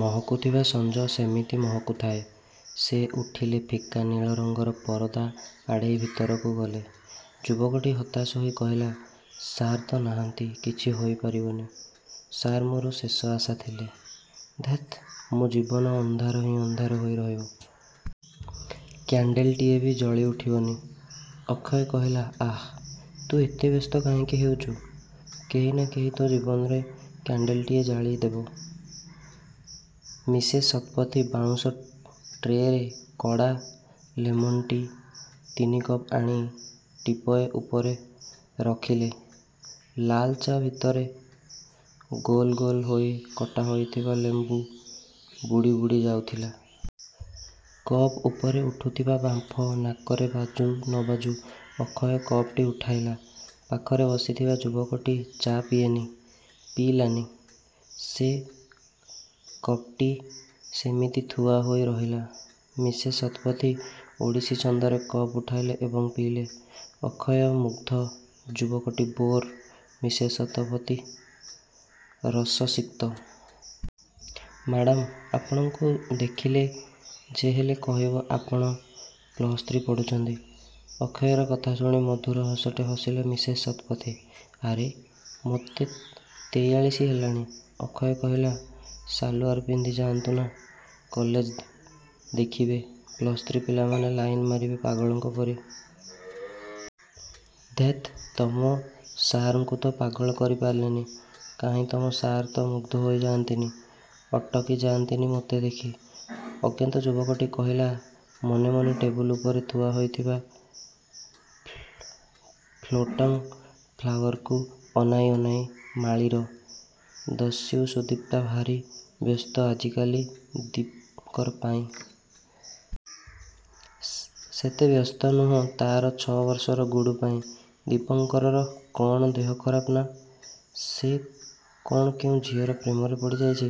ମହକୁଥିବା ସଂଜ ସେମିତି ମହକୁ ଥାଉ। ସେ ଉଠିଲେ ଫିକା ନୀଳ ରଂଗର ପରଦା ଆଡ଼େଇ ଭିତରକୁ ଗଲେ। ଯୁବକଟି ହତାଶ ହୋଇ କହିଲା, ''ସାର୍ ତ ନାହାନ୍ତି କିଛି ହୋଇପାରିବନି। ସାର ମୋର ଶେଷ ଆଶା ଥିଲେ। ଧେତ୍ ମୋ ଜୀବନ ଅଂଧାର ହିଁ ଅଂଧାର ହୋଇ ରହିବ। କ୍ୟାଣ୍ଡେଲଟିଏ ବି ଜଳି ଉଠିବନି। ଅକ୍ଷୟ କହିଲା,''ଆଃ.. ତୁ ଏତେ ବ୍ୟସ୍ତ କାହିଁକି ହେଉଛୁ। କେହିନା କେହି ତୋ ଜୀବନରେ କ୍ୟାଣ୍ଡେଲଟିଏ ଜାଳି ଦେବ। ''ମିସେସ୍ ଶତପଥୀ ବାଉଁଶ ଟ୍ରେରେ କଡ଼ା ''ଲେମନ୍ ଟି' ତିନି କପ୍ ଆଣି ଟିପୟ ଉପରେ ରଖିଲେ। ଲାଲ ଚା' ଭିତରେ ଗୋଲ ଗୋଲ ହୋଇ କଟା ହୋଇଥିବା ଲେମ୍ବୁ ବୁଡ଼ି ବୁଡ଼ି ଯାଉଥିଲା। କପ ଉପରେ ଉଠୁଥିବା ବାମ୍ଫ ନାକରେ ବାଜୁ ନ ବାଜୁ, ଅକ୍ଷୟ କପଟି ଉଠାଇଲା। ପାଖରେ ବସିଥିବା ଯୁବକଟି ଚା' ପିଏନି, ପିଇଲାନି। ସେ କପ୍ଟି ସେମିତି ଥୁଆ ହୋଇ ରହିଲା। ମିସେସ୍ ଶତପଥୀ ଓଡ଼ିଶୀ ଛନ୍ଦରେ କପ୍ ଉଠାଇଲେ ଏବଂ ପିଇଲେ। ଅକ୍ଷୟ ମୁଗ୍ଧ, ଯୁବକଟି ବୋର୍, ମିସେସ୍ ଶତପଥୀ ରସସିକ୍ତ। ''ମାଡ଼ାମ୍! ଆପଣଙ୍କୁ ଦେଖିଲେ ଯେହେଲେ କହିବ ଆପଣ ପ୍ଲସ ଥ୍ରି ପଢ଼ୁଛନ୍ତି। '' ଅକ୍ଷୟର କଥା ଶୁଣି ମଧୁର ହସଟେ ହସିଲେ ମିସେସ୍ ଶତପଥୀ। ''ଆରେ, ମୋତେ ତେଇଆଳିଶ ହେଲାଣି। '' ଅକ୍ଷୟ କହିଲା, ''ସାଲୁଆର ପିନ୍ଧି ଯା'ନ୍ତୁନା କଲେଜ ଦେଖିବେ, ପ୍ଲସ୍ ଥ୍ରି ପିଲାମାନେ ଲାଇନ୍ ମାରିବେ ପାଗଳଙ୍କ ପରି। '' ''ଧେତ୍ ତମ ସାର୍ଙ୍କୁତ ପାଗଳ କରି ପାରିଲିନି? କାହିଁ ତମ ସାର୍ ତ ମୁଗ୍ଧ ହୋଇଯା'ନ୍ତିନି, ଅଟକି ଯା'ନ୍ତିନି ମୋତେ ଦେଖି? '' ଅଜ୍ଞାତ ଯୁବକଟି କହିଲା ମନେ ମନେ ଟେବୁଲ୍ ଉପରେ ଥୁଆ ହୋଇଥିବା ଫ୍ଲୋଟଂ ଫ୍ଲାୱାରକୁ ଅନାଇ ଅନାଇ, ''ମାଳିର। ଦସ୍ୟୁ ସୁଦିପ୍ତା ଭାରି ବ୍ୟସ୍ତ ଆଜିକାଲି ଦୀପଙ୍କର ପାଇଁ। ସେତେ ବ୍ୟସ୍ତ ନୁହଁ ତା'ର ଛ'ବର୍ଷର ଗୁଡୁ ପାଇଁ। ଦୀପଙ୍କରର କ'ଣ ଦେହ ଖରାପ? ନା...। ସେ କ'ଣ କେଉଁ ଝିଅର ପ୍ରେମରେ ପଡ଼ିଯାଇଛି...।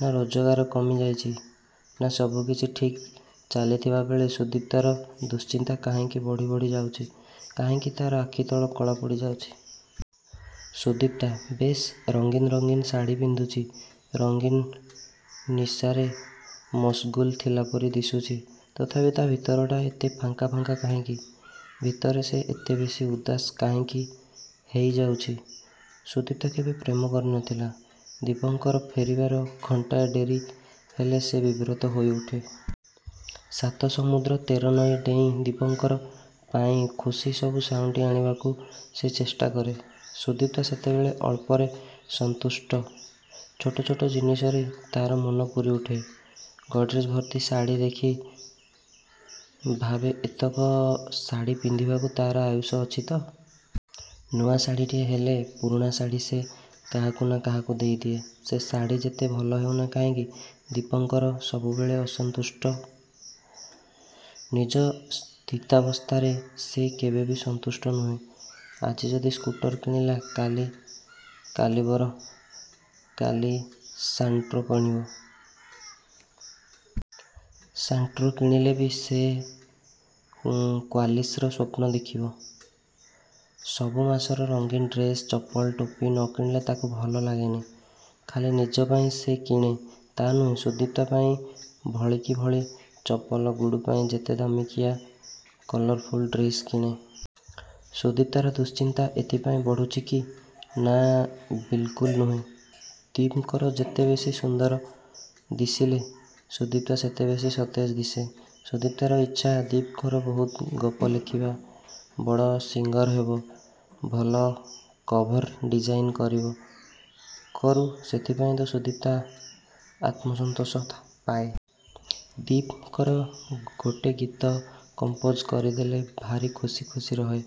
ନା...। ରୋଜଗାର କମିଯାଇଛି...? ନା...। ସବୁକିଛି ଠିକ୍ ଚାଲିଥିଲାବେଳେ ସୁଦୀପ୍ତାର ଦୁଶ୍ଚିନ୍ତା କାହିଁକି ବଢ଼ି ବଢ଼ି ଯାଉଛି। କାହିଁକି ତା'ର ଆଖିତଳ କଳା ପଡ଼ିଯାଉଛି। ସୁଦିପ୍ତା ବେଶ୍ ରଙ୍ଗୀନ ରଙ୍ଗୀନ ଶାଢ଼ୀ ପିନ୍ଧୁଛି, ରଙ୍ଗୀନ ନିଶାରେ ମସଗୁଲ୍ ଥିଲାପରି ଦିଶୁଛି। ତଥାପି ତା' ଭିତରଟା ଏତେ ଫାଙ୍କା ଫାଙ୍କା କାହିଁକି? ଭିତରେ ସେ ଏତେ ବେଶୀ ଉଦାସ କାହିଁକି ହେଇଯାଉଛି। ସୁଦିପ୍ତା କେବେ ପ୍ରେମ କରିନଥିଲା। ଦୀପଙ୍କର ଫେରିବାର ଘଣ୍ଟାଏ ଡେରି ହେଲେ ସେ ବିବ୍ରତ ହୋଇଉଠେ। ସାତ ସମୁଦ୍ର ତେର ନଇଁ ଡେଇଁ ଦୀପଙ୍କର ପାଇଁ ଖୁସି ସବୁ ସାଉଁଟି ଆଣିବାକୁ ସେ ଚେଷ୍ଟା କରେ। ସୁଦିପ୍ତା ସବୁବେଳେ ଅଳ୍ପରେ ସନ୍ତୁଷ୍ଟ, ଛୋଟ ଛୋଟ ଜିନିଷରେ ତା'ର ମନ ପୁରି ଉଠେ। ଗର୍ଡ଼େଜ୍ ଭର୍ତ୍ତି ଶାଢ଼ୀ ଦେଖି ଭାବେ ଏତକ ଶାଢ଼ୀ ପିନ୍ଧିବାକୁ ତା'ର ଆୟୁଷ ଅଛିତ? ନୂଆ ଶାଢ଼ୀଟିଏ ହେଲେ ପୁରୁଣା ଶାଢ଼ୀ ସେ କାହାକୁନା କାହାକୁ ଦେଇଦିଏ, ସେ ଶାଢ଼ୀ ଯେତେ ଭଲ ହେଉନା କାହିଁକି? ଦୀପଙ୍କର ସବୁବେଳେ ଅସନ୍ତୁଷ୍ଟ। ନିଜ ସ୍ଥିତାବସ୍ଥାରେ ସେ କେବେବି ସନ୍ତୁଷ୍ଟ ନୁହେଁ। ଆଜି ଯଦି ସ୍କୁଟର କିଣିଲା କାଲି କାଲିବର କାଲି ସାଣ୍ଟ୍ରୋ କିଣିବ? ସାଣ୍ଟ୍ରୋ କିଣିଲେ ବି ସେ କ୍ୱାଲିସର ସ୍ୱପ୍ନ ଦେଖିବ। ସବୁ ମାସରେ ରଙ୍ଗୀନ ଡ୍ରେସ, ଚପଲ, ଟୋପି ନ କିଣିଲେ ତାକୁ ଭଲ ଲାଗେନି। ଖାଲି ନିଜ ପାଇଁ ସେ କିଣେ ତା'ନୁହେଁ ସୁଦିପ୍ତା ପାଇଁ ଭଳିକି ଭଳି ଚପଲ ଗୁଡୁ ପାଇଁ ଯେତେ ଦାମିକିଆ କଲରଫୁଲ ଡ୍ରେସ କିଣେ। ସୁଦିପ୍ତାର ଦୁଶ୍ଚିନ୍ତା ଏଥିପାଇଁ ବଢ଼ୁଛି କି ନା ବିଲକୁଲ ନୁହେଁ। ଦୀପଙ୍କର ଯେତେବେଶୀ ସୁନ୍ଦର ଦିଶିଲେ ସୁଦିପ୍ତା ସେତେବେଶୀ ସତେଜ ଦିଶେ। ସୁଦିପ୍ତାର ଇଚ୍ଛା ଦୀପଙ୍କର ବହୁତ ଗପ ଲେଖିବ। ବଡ଼ ସିଙ୍ଗର ହେବ, ଭଲ କଭର ଡିଜାଇନ କରିବ। କରୁ ସେଥିପାଇଁ ତ ସୁଦିପ୍ତା ଆତ୍ମ ସନ୍ତୋଷ ପାଏ। ଦୀପଙ୍କର ଗୋଟେ ଗୀତ କମ୍ପୋଜ କରିଦେଲେ ଭାରି ଖୁସି ଖୁସି ରହେ।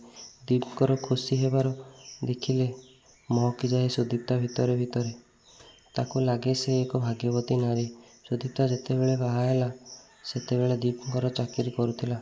ଦୀପଙ୍କର ଖୁସି ହେବାର ଦେଖିଲେ ମହକିଯାଏ ସୁଦିପ୍ତା ଭିତରେ ଭିତରେ। ତାକୁ ଲାଗେ ସେ ଏକ ଭାଗ୍ୟବତୀ ନାରୀ। ସୁଦିପ୍ତା ଯେତେବେଳେ ବାହାହେଲା, ସେତେବେଳେ ଦୀପଙ୍କର ଚାକିରି କରୁଥିଲା।